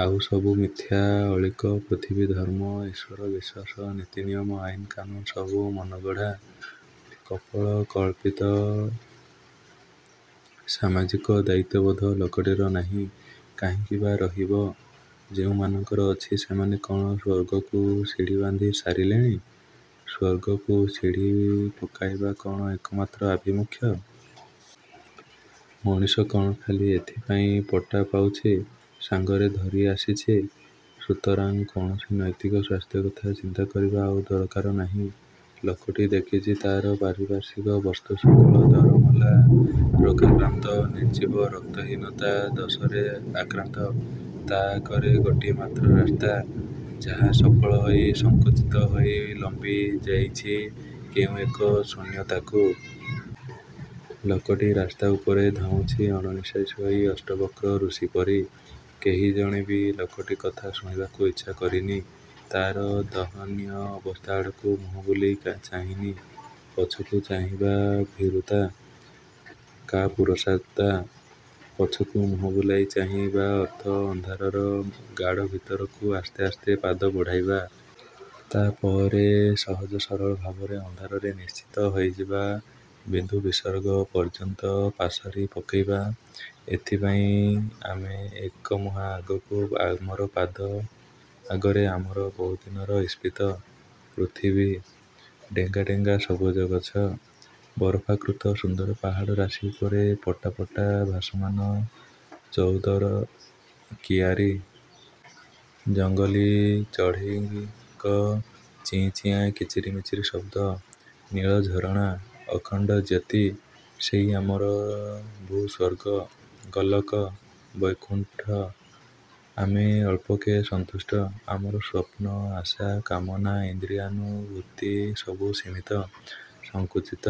ଆଉସବୁ ମିଥ୍ୟା, ଅଳୀକ-। ପୃଥିବୀ, ଧର୍ମ, ଈଶ୍ୱର, ବିଶ୍ୱାସ, ନୀତିନିୟମ ଆଇନ୍ କାନୁନ ସବୁ ମନଗଢ଼ା। କପୋଳକଳ୍ପିତ-। ସାମାଜିକ ଦାୟିତ୍ୱବୋଧ ଲୋକଟିର ନାହିଁ। କାହିଁକି ବା ରହିବ? ଯେଉଁ ମାନଙ୍କର ଅଛି ସେମାନେ କ'ଣ ସ୍ୱର୍ଗକୁ ସିଡ଼ି ବାନ୍ଧି ସାରିଲେଣି? ସ୍ୱର୍ଗକୁ ସିଡ଼ି ପକାଇବା କ'ଣ ଏକମାତ୍ର ଆଭିମୁଖ୍ୟ! ମଣିଷ କ'ଣ ଖାଲି ଏଥିପାଇଁ ପଟା ପାଉତି ସାଙ୍ଗରେ ଧରି ଆସିଛି? ସୁତରାଂ କୌଣସି ନୈତିକ ସ୍ୱାସ୍ଥ୍ୟ କଥା ଚିନ୍ତା କରିବା ଆଉ ଦରକାର ନାହିଁ। ଲୋକଟି ଦେଖିଛି ତା'ର ପାରିପାର୍ଶ୍ୱିକ ବସ୍ତୁ ସକଳ ଦରମଲା, ରୋଗାକ୍ରାନ୍ତ, ନିର୍ଜୀବ, ରକ୍ତହୀନତା ଦୋଷରେ ଆକ୍ରାନ୍ତ। ତା' ଆଗରେ ଗୋଟିଏ ମାତ୍ର ରାସ୍ତା ଯାହା ସଫଳ ହୋଇ ସଂକୁଚିତ ହୋଇ ଲମ୍ବି ଯାଇଛି କେଉଁ ଏକ ଶୂନ୍ୟତାକୁ। ଲୋକଟି ରାସ୍ତାଉପରେ ଧାଉଁଚି ଅଣନିଃଶ୍ୱାସୀ ହୋଇ ଅଷ୍ଟବକ୍ର ଋଷିପରି। କେହି ଜଣେ ବି ଲୋକଟି କଥା ଶୁଣିବାକୁ ଇଚ୍ଛା କରିନି। ତା'ର ଦହନୀୟ ଅବସ୍ଥା ଆଡ଼କୁ ମୁହଁ ବୁଲେଇ ଚାହିଁନି, ପଛକୁ ଚାହିଁବା ଭୀରୁତା। କାପୁରୁଷତା। ପଛକୁ ମୁହଁ ବୁଲାଇ ଚାହିଁ ବା ଅର୍ଥ ଅନ୍ଧାରର ଗାଡ଼ ଭିତରକୁ ଆସ୍ତେ ଆସ୍ତେ ପାଦ ବଢ଼େଇବା। ତା'ପରେ ସହଜ ସରଳ ଭାବେ ଅନ୍ଧାରରେ ନିଶ୍ଚିହ୍ନ ହୋଇଯିବା। ବିନ୍ଦୁବିସର୍ଗ ପର୍ଯ୍ୟନ୍ତ ପାସୋରି ପକେଇବା। ସେଥିପାଇଁ ଆମେ ଏକମୁହାଁ ଆଗକୁ ଆମର ପାଦ। ଆଗରେ ଆମର ବହୁଦିନର ଈପ୍ସିତ। ପୃଥିବୀ। ଡେଙ୍ଗା ଡେଙ୍ଗା ସବୁଜ ଗଛ। ବରଫାକୃତ ସୁନ୍ଦର ପାହାଡ଼ ରାଶି ଉପରେ ପଟା ପଟା ଭାସମାନ ବଉଦର କିଆରୀ। ଜଙ୍ଗଲୀ ଚଢେଇଙ୍କ ଚିଁ ଚିଆଁ କିଚିରି ମିଚିରି ଶବ୍ଦ। ନୀଳ ଝରଣା। ଅଖଣ୍ଡ ଜ୍ୟୋତି। ସେଇ ଆମର ଭୂସ୍ୱର୍ଗ। ଗୋଲକ। ବୈକୁଣ୍ଠ। ଆମେ ଅଳ୍ପକେ ସନ୍ତୁଷ୍ଟ-। ଆମର ସ୍ୱପ୍ନ, ଆଶା, କାମନା, ଇନ୍ଦ୍ରିୟାନୁଭୂତି ସବୁ ସୀମିତ। ସଂକୁଚିତ।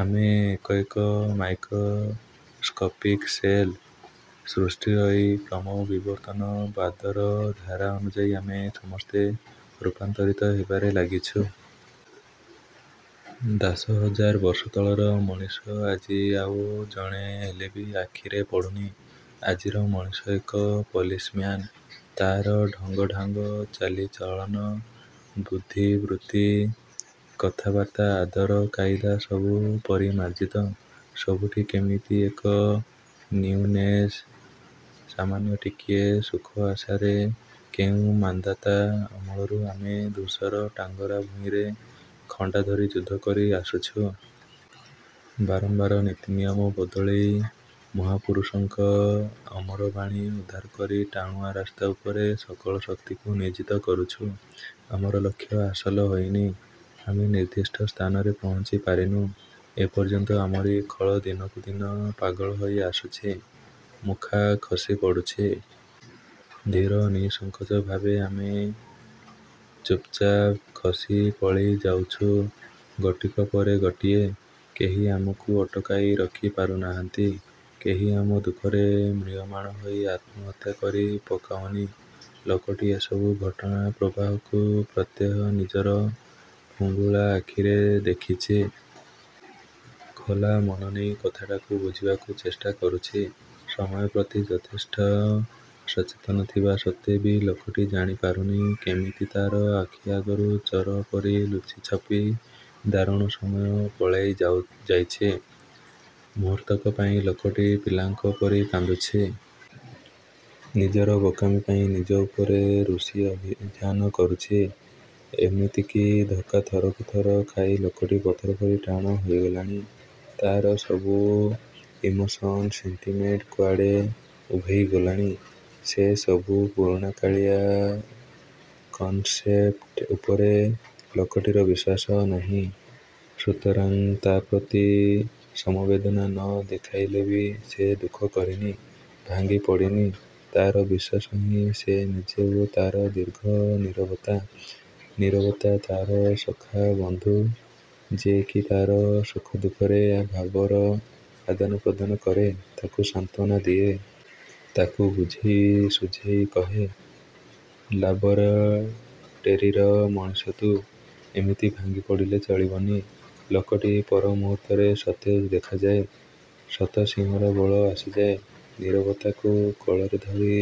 ଆମେ ଏକ ଏକ ମାଇକ୍ରୋସ୍କୋପିକ୍ ସେଲ୍। ସୃଷ୍ଟିର ଏଇ କ୍ରମ-ବିବର୍ତ୍ତନ ବାଦର ଧାରା ଅନୁଯାୟୀ ଆମେ ସମସ୍ତେ ରୂପାନ୍ତରୀତ ହେବାରେ ଲାଗିଛୁ। ଦାଶହଜାର ବର୍ଷ ତଳର ମଣିଷ ଆଜି ଆଉ ଜଣେ ହେଲେବି ଆଖିରେ ପଡ଼ୁନି। ଆଜିର ମଣିଷ ଏକ ପଲିସ୍ ମ୍ୟାନ୍। ତା'ର ଢଙ୍ଗଢାଙ୍ଗ, ଚାଲିଚଳନ, ବୁଦ୍ଧିବୃତ୍ତି, କଥାବାର୍ତ୍ତା, ଆଦବ କାଇଦା ସବୁ ପରିମାର୍ଜିତ। ସବୁଠି କେମିତି ଏକ ନିଉନେସ୍। ସାମାନ୍ୟ ଟିକିଏ ସୁଖ ଆଶାରେ କେଉଁ ମାନ୍ଧାତା ଅମଳରୁ ଆମେ ଧୂସର ଟାଙ୍ଗରା ଭୂଇଁରେ ଖଣ୍ଡାଧରି ଯୁଦ୍ଧ କରି ଆସୁଛୁ। ବାରମ୍ୱାର ନୀତିନିୟମ ବଦଳେଇ। ମହାପୁରୁଷଙ୍କ ଅମରବାଣୀ ଉଦ୍ଧାର କରି ଟାଣୁଆ ରାସ୍ତା ଉପରେ ସକଳ ଶକ୍ତିକୁ ନିୟୋଜିତ କରୁଛୁ। ଆମର ଲକ୍ଷ୍ୟ ହାସଲ ହୋଇନି। ଆମେ ନିର୍ଦ୍ଦିଷ୍ଟ ସ୍ଥାନରେ ପହଞ୍ଚି ପାରିନୁ। ଏପର୍ଯ୍ୟନ୍ତ ଆମରି ଖୋଳ ଦିନକୁ ଦିନ ପାଗଳ ହୋଇ ଆସୁଛି। ମୁଖା ଖସିପଡ଼ୁଛି। ଧୀର ନିଃସଂକୋଚ ଭାବେ ଆମେ ଚୁପ୍ଚାପ୍ ଖସି ପଳେଇ ଯାଉଛୁ ଗୋଟିକ ପରେ ଗୋଟିଏ। କେହି ଆମକୁ ଅଟକାଇ ରଖି ପାରୁନାହାନ୍ତି। କେହି ଆମ ଦୁଃଖରେ ମ୍ରିୟମାଣ ହୋଇ ଆତ୍ମହତ୍ୟା କରି ପକାଉନି। ଲୋକଟି ଏସବୁ ଘଟଣା ପ୍ରବାହକୁ ପ୍ରତ୍ୟେହ ନିଜର ଫୁଙ୍ଗୁଳା ଆଖିରେ ଦେଖିଛି। ଖୋଲା ମନନେଇ କଥାଟାକୁ ବୁଝିବାକୁ ଚେଷ୍ଟା କରୁଛି। ସମୟ ପ୍ରତି ଯଥେଷ୍ଟ ସଚେତନ ଥିବା ସତ୍ତ୍ୱେ ବି ଲୋକଟି ଜାଣି ପାରୁନି। କେମିତି ତା'ର ଆଖି ଆଗରୁ ଚୋର ପରି ଲୁଚିଛପି ଦାରୁଣ ସମୟ ପଳାଇ ଯାଇଛି। ମୁହୂର୍ତ୍ତକ ପାଇଁ ଲୋକଟି ପିଲାଙ୍କ ପରି କାନ୍ଦୁଛି। ନିଜର ବୋକାମି ପାଇଁ ନିଜ ଉପରେ ରୁଷି ଅଭିଯାନ କରୁଛି। ଏମିତିକି ଧକ୍କା ଥରକୁ ଥର ଖାଇ ଲୋକଟି ପଥର ପରି ଟାଣ ହୋଇଗଲାଣି। ତା'ର ସବୁ ଇମୋସନ୍, ସେଣ୍ଟିମେଣ୍ଟ୍ କୁଆଡ଼େ ଉଭେଇ ଗଲାଣି। ସେ ସବୁ ପୁରୁଣାକାଳିଆ କନସେପ୍ଟ ଉପରେ ଲୋକଟିର ବିଶ୍ୱାସ ନାହିଁ। ସୁତରାଂ ତା' ପ୍ରତି ସମବେଦନା ନ ଦେଖାଇଲେବି ସେ ଦୁଃଖ କରିନି। ଭାଙ୍ଗି ପଡ଼ିନି। ତା'ର ବିଶ୍ୱାସହିଁ ସେ ନିଜେ ଓ ତା'ର ଦୀର୍ଘ ନୀରବତା। ନୀରବତା ତା'ର ସଖା ବନ୍ଧୁ, ଯେ କି ତା'ର ସୁଖଦୁଃଖରେ ଭାବର ଆଦାନପ୍ରଦାନ କରେ। ତାକୁ ସାନ୍ତ୍ୱନା ଦିଏ। ତାକୁ ବୁଝେଇ ସୁଝେଇ କହେ, ''ଲାବୋରଟେରୀର ମଣିଷ ତୁ। ଏମିତି ଭାଙ୍ଗି ପଡ଼ିଲେ ଚଳିବନି। '' ଲୋକଟି ପରମୁହୂର୍ତ୍ତରେ ସତେଜ ଦେଖାଯାଏ। ଶତସିଂହର ବଳ ଆସିଯାଏ। ନୀରବତାକୁ କୋଳରେ ଧରି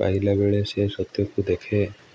ପାଇଲାବେଳେ ସେ ସତ୍ୟକୁ ଦେଖେ।